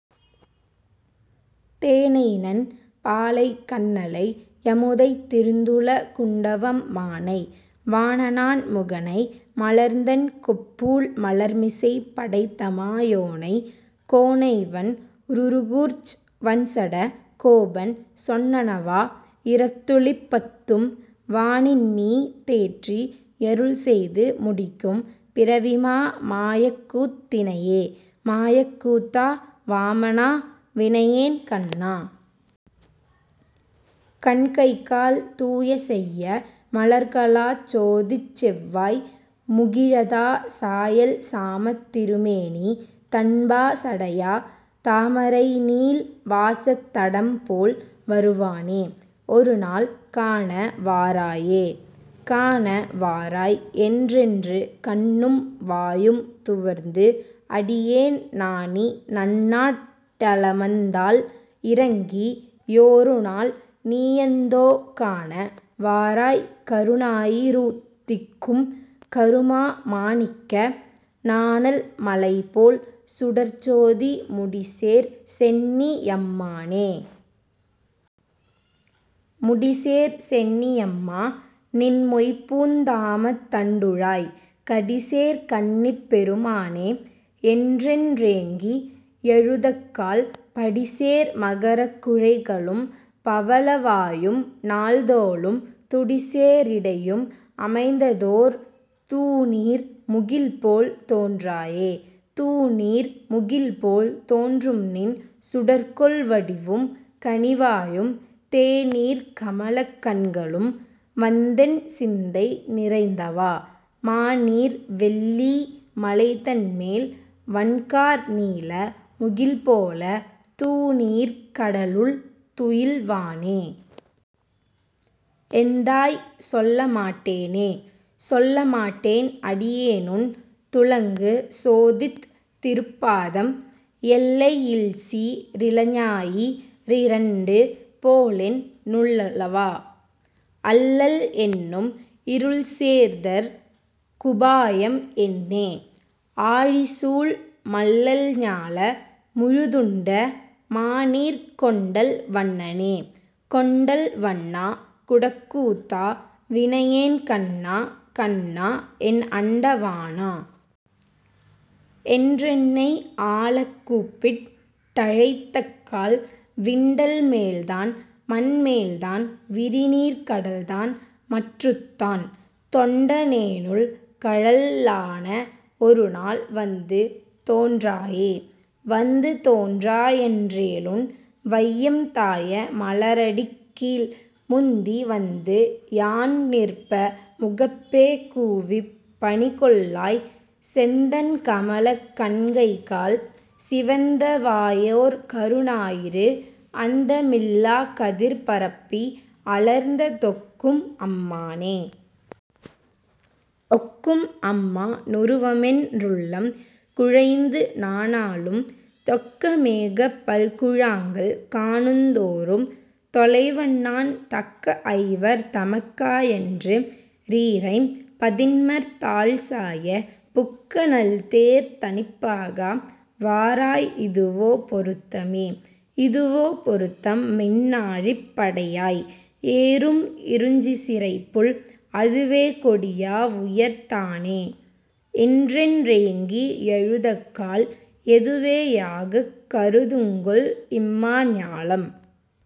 தேனைநன் பாலைக் கன்னலை யமுதைத் திருந்துல குண்டவம் மானை, வானநான் முகனை மலர்ந்தண் கொப்பூழ் மலர்மிசைப் படைத்தமா யோனை, கோனைவண் குருகூர்ச் வண்சட கோபன் சொன்னவா யிரத்துளிப் பத்தும், வானின்மீ தேற்றி யருள்செய்து முடிக்கும் பிறவிமா மாயக்கூத் தினையே. மாயக் கூத்தா. வாமனா. வினையேன் கண்ணா. கண்கைகால் தூய செய்ய மலர்களாச் சோதிச் செவ்வாய் முகிழதா, சாயல் சாமத் திருமேனி தண்பா சடையா, தாமரைநீள் வாசத் தடம்போல் வருவானே. ஒருநாள் காண வாராயே.. காண வாராய் என்றென்று கண்ணும் வாயும் துவர்ந்து, அடியேன் நாணி நன்னாட் டலமந்தால் இரங்கி யொருநாள் நீயந்தோ, காண வாராய் கருநாயி றுதிக்கும் கருமா மாணிக்க, நாணல் மலைபோல் சுடர்ச்சோதி முடிசேர் சென்னி யம்மானே.. முடிசேர் சென்னி யம்மா. நின் மொய்பூந் தாமத் தண்டுழாய், கடிசேர் கண்ணிப் பெருமானே. என்றென் றேங்கி யழுதக்கால், படிசேர் மகரக் குழைகளும் பவள வாயும் நால்தோளும், துடிசே ரிடையும் அமைந்ததோர் தூநீர் முகில்போல் தோன்றாயே.. தூநீர் முகில்போல் தோன்றும்நின் சுடர்க்கொள் வடிவும் கனிவாயும், தேநீர்க் கமலக் கண்களும் வந்தென் சிந்தை நிறைந்தவா, மாநீர் வெள்ளீ மலைதன்மேல் வண்கார் நீல முகில்போல, தூநீர்க் கடலுள் துயில்வானே. எந்தாய். சொல்ல மாட்டேனே.. சொல்ல மாட்டேன் அடியேனுன் துளங்கு சோதித் திருப்பாதம், எல்லை யில்சீ ரிளஞாயி றிரண்டு போலென் னுள்ளவா., அல்லல் என்னும் இருள்சேர்தற் குபாயம் என்னே?, ஆழிசூழ் மல்லல் ஞால முழுதுண்ட மாநீர்க் கொண்டல் வண்ணனே.. கொண்டல் வண்ணா. குடக்கூத்தா. வினையேன் கண்ணா. கண்ணா, என் அண்ட வாணா. என்றென்னை ஆளக் கூப்பிட் டழைத்தக்கால், விண்டன் மேல்தான் மண்மேல்தான் விரிநீர்க் கடல்தான் மற்றுத்தான், தொண்ட னேனுள் கழல்லாண ஒருநாள் வந்து தோன்றாயே.. வந்து தோன்றா யன்றேலுன் வையம் தாய மலரடிக்கீழ், முந்தி வந்து யான்நிற்ப முகப்பே கூவிப் பணிகொள்ளாய், செந்தண் கமலக் கண்கைகால் சிவந்த வாயோர் கருநாயிறு, அந்த மில்லாக் கதிர்பரப்பி அலர்ந்த தொக்கும் அம்மானே.. ஒக்கும் அம்மா னுருவமென் றுள்ளம் குழைந்து நாணாளும், தொக்க மேகப் பல்குழாங்கள் காணுந் தோறும் தொலைவன்நான், தக்க ஐவர் தமக்காயன்று றீரைம் பதின்மர் தாள்சாய, புக்க நல்தேர்த் தனிப்பாகா. வாராய் இதுவோ பொருத்தமே?. இதுவோ பொருத்தம் மின்னாழிப் படையாய். ஏறும் இருஞ்சிசிறைப்புள், அதுவே கொடியா வுயர்த்தானே. என்றென் றேங்கி யழுதக்கால், எதுவே யாகக் கருதுங்கொல் இம்மா ஞாலம்